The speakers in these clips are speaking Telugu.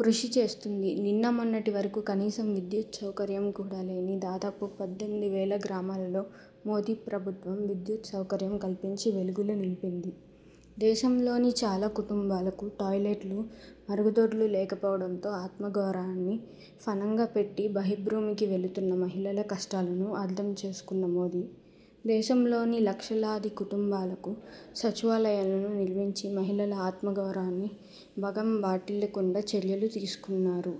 కృషి చేస్తోంది. నిన్న మొన్నటి వరకూ కనీసం విద్యుత్ సౌకర్యం కూడా లేని దాదాపు పద్దెనిమిది వేల గ్రామాలలో మోదీ ప్రభుత్వం విద్యుత్ సౌకర్యం కల్పించి వెలుగులు నింపింది. దేశంలోని చాలా కుటుంబాలకు టాయిలెట్లు, మరుగుదొడ్లు లేకపోవడంతో ఆత్మగౌరవాన్ని ఫణంగా పెట్టి బహిర్భూమికి వెళుతున్న మహిళల కష్టాలను అర్థం చేసుకున్న మోదీ, దేశంలోని లక్షలాది కుటుంబాలకు సచివాలయాలను నిర్మించి మహిళల ఆత్మగౌరవానికి భగం వాటిల్లకుండా చర్యలు తీసుకున్నారు.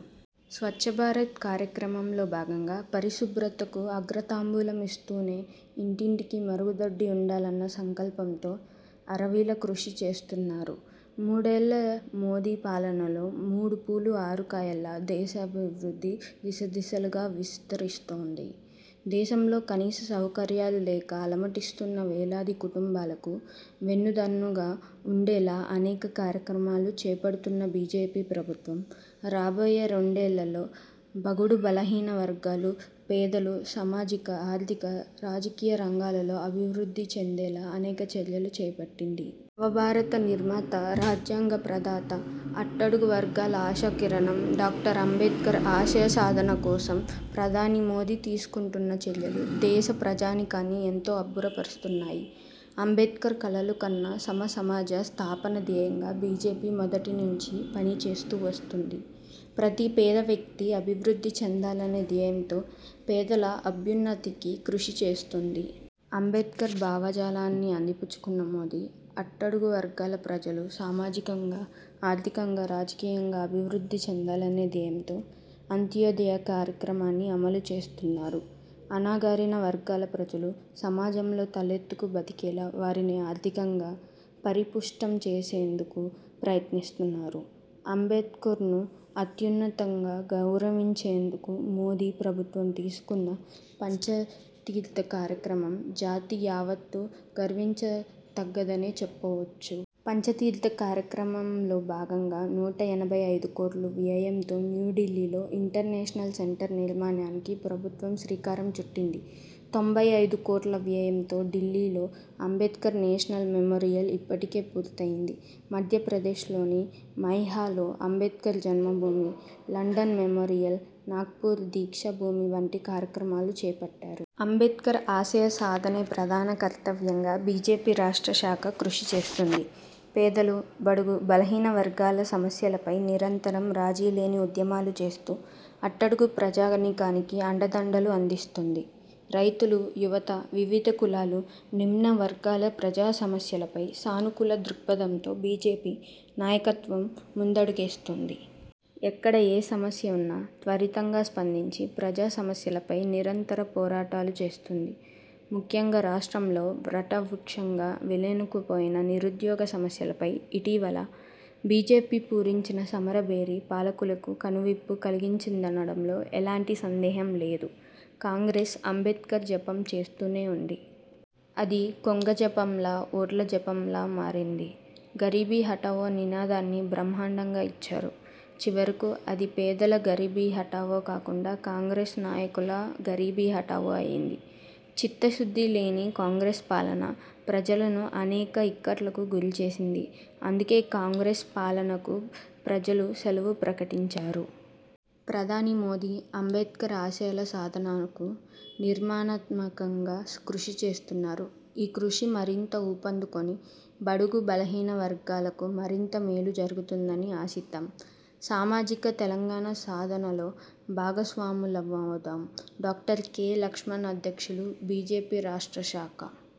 స్వచ్ఛభారత్ కార్యక్రమంలో భాగంగా పరిశుభ్రతకు అగ్రతాంబూలమిస్తూనే ఇంటింటికీ మరుగుదొడ్డి ఉండాలన్న సంకల్పంతో అరవిళ కృషి చేస్తున్నారు. మూడేళ్ల మోదీ పాలనలో మూడు పూలు ఆరు కాయల్లా దేశాభివృద్ధి దిశదిశలా విస్తరిస్తోంది. దేశంలో కనీస సౌకర్యాలు లేక అలమటిస్తున్న వేలాది కుటుంబాలకు వెన్నుదన్నుగా ఉండేలా అనేక కార్యక్రమాలు చేపడుతున్న బీజేపీ ప్రభుత్వం, రాబోయే రెండేళ్లలో బగుడు బలహీన వర్గాలు, పేదలు సామాజిక, ఆర్థిక, రాజకీయ రంగాలలో అభివృద్ధి చెందేలా అనేక చర్యలు చేపట్టింది. నవభారత నిర్మాత, రాజ్యాంగ ప్రధాత, అట్టడుగు వర్గాల ఆశాకిరణం డాక్టర్ అంబేడ్కర్ ఆశయ సాధన కోసం ప్రధాని మోదీ తీసుకుంటున్న చర్యలు దేశ ప్రజానీకాన్ని ఎంతో అబ్బురపరుస్తున్నాయి. అంబేడ్కర్ కలలుకన్న సమసమాజ స్థాపన ధ్యేయంగా బీజేపీ మొదటి నుంచీ పని చేస్తూ వస్తుంది. ప్రతి పేద వ్యక్తీ అభివృద్ధి చెందాలనే ధ్యేయంతో పేదల అభ్యున్నతికి కృషి చేస్తుంది. అంబేడ్కర్ భావజాలాన్ని అందిపుచ్చుకున్న మోదీ, అట్టడుగు వర్గాల ప్రజలు సామాజికంగా, ఆర్థికంగా, రాజకీయంగా అభివృద్ధి చెందాలనే ధ్యేయంతో అంత్యోదయ కార్యక్రమాన్ని అమలు చేస్తున్నారు. అణగారిన వర్గాల ప్రజలు సమాజంలో తలెత్తుకు బతికేలా వారిని ఆర్థికంగా పరిపుష్టం చేసేందుకు ప్రయత్నిస్తున్నారు. అంబేడ్కర్ను అత్యున్నతంగా గౌరవించేందుకు మోదీ ప్రభుత్వం తీసుకున్న పంచతీర్థ కార్యక్రమం జాతి యావత్తు గర్వించతగ్గదనే చెప్పొచ్చు. పంచతీర్థ కార్యక్రమంలో భాగంగా నూట ఎనభై ఐదుకోట్ల వ్యయంతో న్యూఢిల్లీలో ఇంటర్నేషనల్ సెంటర్ నిర్మాణానికి ప్రభుత్వం శ్రీకారం చుట్టింది. తొంభై ఐదుకోట్ల వ్యయంతో ఢిల్లీలో అంబేడ్కర్ నేషనల్ మెమోరియల్ ఇప్పటికే పూర్తయ్యింది. మధ్యప్రదేశ్లోని మైహాలో అంబేడ్కర్ జన్మభూమి, లండన్ మెమోరియల్, నాగ్పూర్ దీక్షా భూమి వంటి కార్యక్రమాలు చేపట్టారు. అంబేడ్కర్ ఆశయ సాధనే ప్రధాన కర్తవ్యంగా బీజేపీ రాష్ట్ర శాఖ కృషి చేస్తుంది. పేదలు, బడుగు, బలహీన వర్గాల సమస్యలపై నిరంతరం రాజీలేని ఉద్యమాలు చేస్తూ అట్టడుగు ప్రజానీకానికి అండదండలు అందిస్తుంది. రైతులు, యువత, వివిధ కులాలు, నిమ్నవర్గాల ప్రజా సమస్యలపై సానుకూల దృక్పథంతో బీజేపీ నాయకత్వం ముందడుగేస్తుంది. ఎక్కడ ఏ సమస్య ఉన్నా త్వరితంగా స్పందించి ప్రజా సమస్యలపై నిరంతర పోరాటాలు చేస్తుంది. ముఖ్యంగా రాష్ట్రంలో వటవృక్షంలా వేలునుకుపోయిన నిరుద్యోగ సమస్యలపై ఇటీవల బీజేపీ పూరించిన సమర భేరీ పాలకులకు కనువిప్పు కలిగించిందనడంలో ఎలాంటి సందేహం లేదు. కాంగ్రెస్ అంబేడ్కర్ జపం చేస్తూనే ఉంది. అది కొంగజపంలా, ఓట్ల జపంలా మారింది. 'గరీబీ హఠావో' నినాదాన్ని బ్రహ్మాండంగా ఇచ్చారు. చివరకు అది పేదల గరీబీ హఠావో కాకుండా, కాంగ్రెస్ నాయకుల గరీబీ హఠావో అయ్యింది. చిత్తశుద్ధిలేని కాంగ్రెస్ పాలన ప్రజలను అనేక ఇక్కట్లకు గురిచేసింది. అందుకే కాంగ్రెస్ పాలనకు ప్రజలు సెలవు ప్రకటించారు. ప్రధాని మోదీ అంబేడ్కర్ ఆశయాల సాధనకు నిర్మాణాత్మకంగా కృషి చేస్తున్నారు. ఈ కృషి మరింతగా ఊపందుకుని బడుగు, బలహీన వర్గాలకు మరింత మేలు జరుగుతుందని ఆశిద్దాం. సామాజిక తెలంగాణ సాధనలో భాగస్వాములమవుదాం. Doctor K. లక్ష్మణ్అధ్యక్షులు, బీజేపీ రాష్ర్ట శాఖ